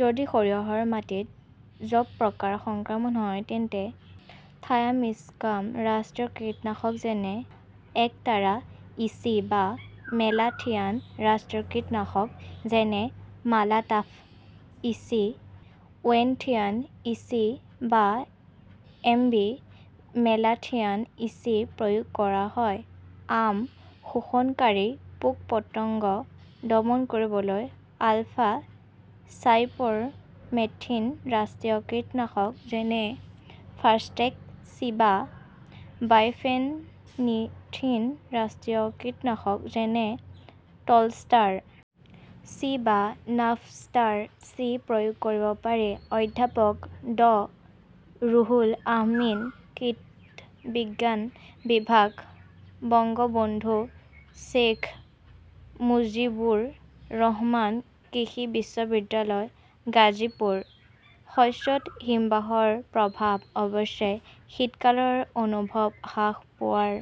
যদি সৰিয়হৰ মাটিত জাবপকাৰ সংক্ৰমণ হয়, তেন্তে থায়ামিথক্সাম ৰাষ্ট্ৰীয় কীটনাশক, যেনে একতাৰা ইচি বা মেলাথিয়ন ৰাষ্ট্ৰীয় কীটনাশক, যেনে মালাটাফ ইচি, ৱেণ্টথিয়ন ইচি বা এমবি মেলাথিয়ন ইচি প্ৰয়োগ কৰা হয়। আম শোষণকাৰী পোক-পতংগ দমন কৰিবলৈ আলফা চাইপাৰমেথ্ৰিন ৰাষ্ট্ৰীয় কীটনাশক, যেনে-ফাষ্টেক চি বা বাইফেনিথ্ৰিন ৰাষ্ট্ৰীয় কীটনাশক, যেনে-টলষ্টাৰ. চি বা নভষ্টাৰ চি প্ৰয়োগ কৰিব পাৰি। অধ্যাপক ড ো. ৰুহুল আমিনঃ কীটবিজ্ঞান বিভাগ, বঙ্গবন্ধু শ্বেইখ মুজিবুৰ ৰহমান কৃষি বিশ্ববিদ্যালয়, গাজীপুৰ। শস্যত হিমবাহৰ প্ৰভাৱ অৱশ্যে, শীতকালৰ অনুভৱ হ্ৰাস পোৱাৰ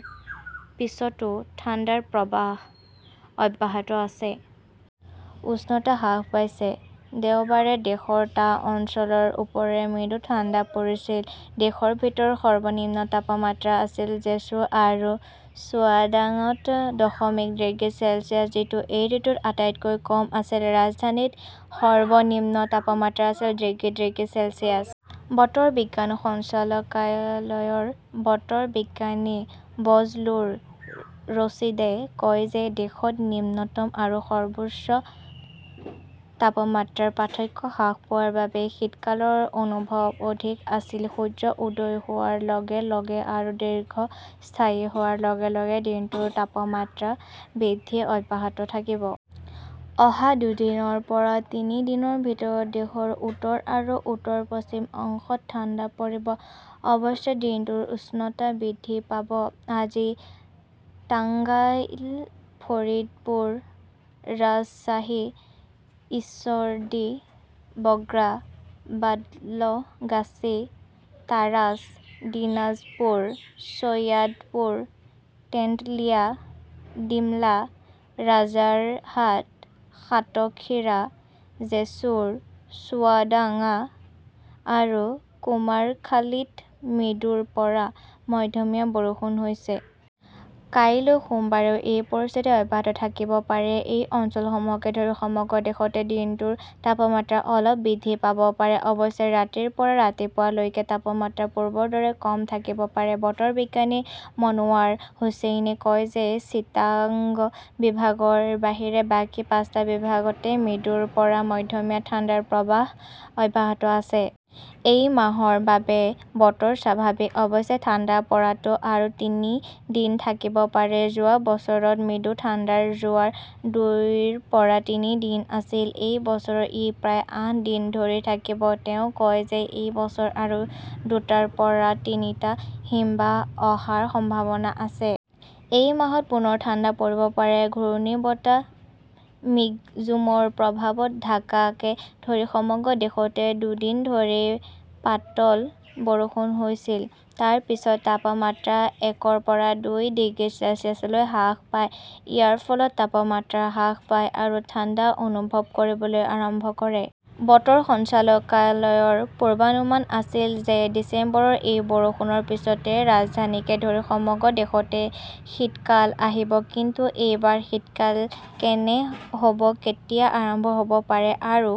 পিছতো ঠাণ্ডাৰ প্ৰৱাহ অব্যাহত আছে। উষ্ণতা হ্ৰাস পাইছে। দেওবাৰে দেশৰ টা অঞ্চলৰ ওপৰেৰে মৃদু ঠাণ্ডা পৰিছিল। দেশৰ ভিতৰত সৰ্বনিম্ন তাপমাত্ৰা আছিল জেছুৰ আৰু চুৱাদাঙ্গাত দশমিক ডিগ্ৰী চেলছিয়াছ, যিটো এই ঋতুত আটাইতকৈ কম আছিল। ৰাজধানীত সৰ্বনিম্ন তাপমাত্ৰা আছিল ডিগ্ৰী ডিগ্ৰী চেলছিয়াছ। বতৰ বিজ্ঞান সঞ্চালকালয়ৰ বতৰ বিজ্ঞানী বজলুৰ ৰছিদে কয় যে দেশত নিম্নতম আৰু সৰ্বোচ্চ তাপমাত্ৰাৰ পাৰ্থক্য হ্ৰাস পোৱাৰ বাবে শীতকালৰ অনুভৱ অধিক আছিল। সূৰ্য উদয় হোৱাৰ লগে লগে আৰু দীৰ্ঘস্থায়ী হোৱাৰ লগে লগে দিনটোৰ তাপমাত্ৰা বৃদ্ধি অব্যাহত থাকিব। অহা দুদিনৰ পৰা তিনি দিনৰ ভিতৰত দেশৰ উত্তৰ আৰু উত্তৰ-পশ্চিম অংশত ঠাণ্ডা পৰিব। অৱশ্যে, দিনটোৰ উষ্ণতা বৃদ্ধি পাব। আজি টাঙ্গাইল, ফৰিদপুৰ, ৰাজশ্বাহী, ঈশ্বৰদী, বগ্ৰা, বাদলগাছী, তাৰাছ, দিনাজপুৰ, চৈয়াদপুৰ, তেন্তুলিয়া, ডিমলা, ৰাজাৰহাট, সাতখিৰা, জেছুৰ, চুৱাদাঙ্গা আৰু কুমাৰখালীত মৃদুৰ পৰা মধ্যমীয়া বৰষুণ হৈছে। কাইলৈ সোমবাৰেও এই পৰিস্থিতি অব্যাহত থাকিব পাৰে। এই অঞ্চলসমূহকে ধৰি সমগ্ৰ দেশতে দিনটোৰ তাপমাত্ৰা অলপ বৃদ্ধি পাব পাৰে। অৱশ্যে, ৰাতিৰ পৰা ৰাতিপুৱা লৈকে তাপমাত্ৰা পূৰ্বৰ দৰেই কম থাকিব পাৰে। বতৰ বিজ্ঞানী মনোৱাৰ হুচেইনে কয় যে চিটাগং বিভাগৰ বাহিৰে বাকী পাঁচটা বিভাগতে মৃদুৰ পৰা মধ্যমীয়া ঠাণ্ডাৰ প্ৰৱাহ অব্যাহত আছে। এই মাহৰ বাবে বতৰ স্বাভাৱিক। অৱশ্যে, ঠাণ্ডা পৰাটো আৰু তিনি দিন থাকিব পাৰে। যোৱা বছৰবোৰত মৃদু ঠাণ্ডাৰ জোৱাৰ দুইৰ পৰা তিনি দিন আছিল। এই বছৰ ই প্ৰায় আঠ দিন ধৰি থাকিব। তেওঁ কয় যে এই বছৰ আৰু দুটাৰ পৰা তিনিটা হিমবাহ অহাৰ সম্ভাৱনা আছে। এই মাহত পুনৰ ঠাণ্ডা পৰিব পাৰে ঘূৰ্ণীবতাহ মিগজুমৰ প্ৰভাৱত ঢাকাকে ধৰি সমগ্ৰ দেশতে দুদিন ধৰি পাতল বৰষুণ হৈছিল। তাৰ পিছত তাপমাত্ৰা একৰ পৰা দুই ডিগ্ৰী চেলছিয়াছলৈ হ্ৰাস পায়। ইয়াৰ ফলত তাপমাত্ৰা হ্ৰাস পায় আৰু ঠাণ্ডা অনুভৱ কৰিবলৈ আৰম্ভ কৰে। বতৰ সঞ্চালকালয়ৰ পূৰ্বানুমান আছিল যে ডিচেম্বৰৰ এই বৰষুণৰ পিছতে ৰাজধানীকে ধৰি সমগ্ৰ দেশতে শীতকাল আহিব। কিন্তু এইবাৰ শীতকাল কেনে হ "ব, কেতিয়া আৰম্ভ হ" ব পাৰে আৰু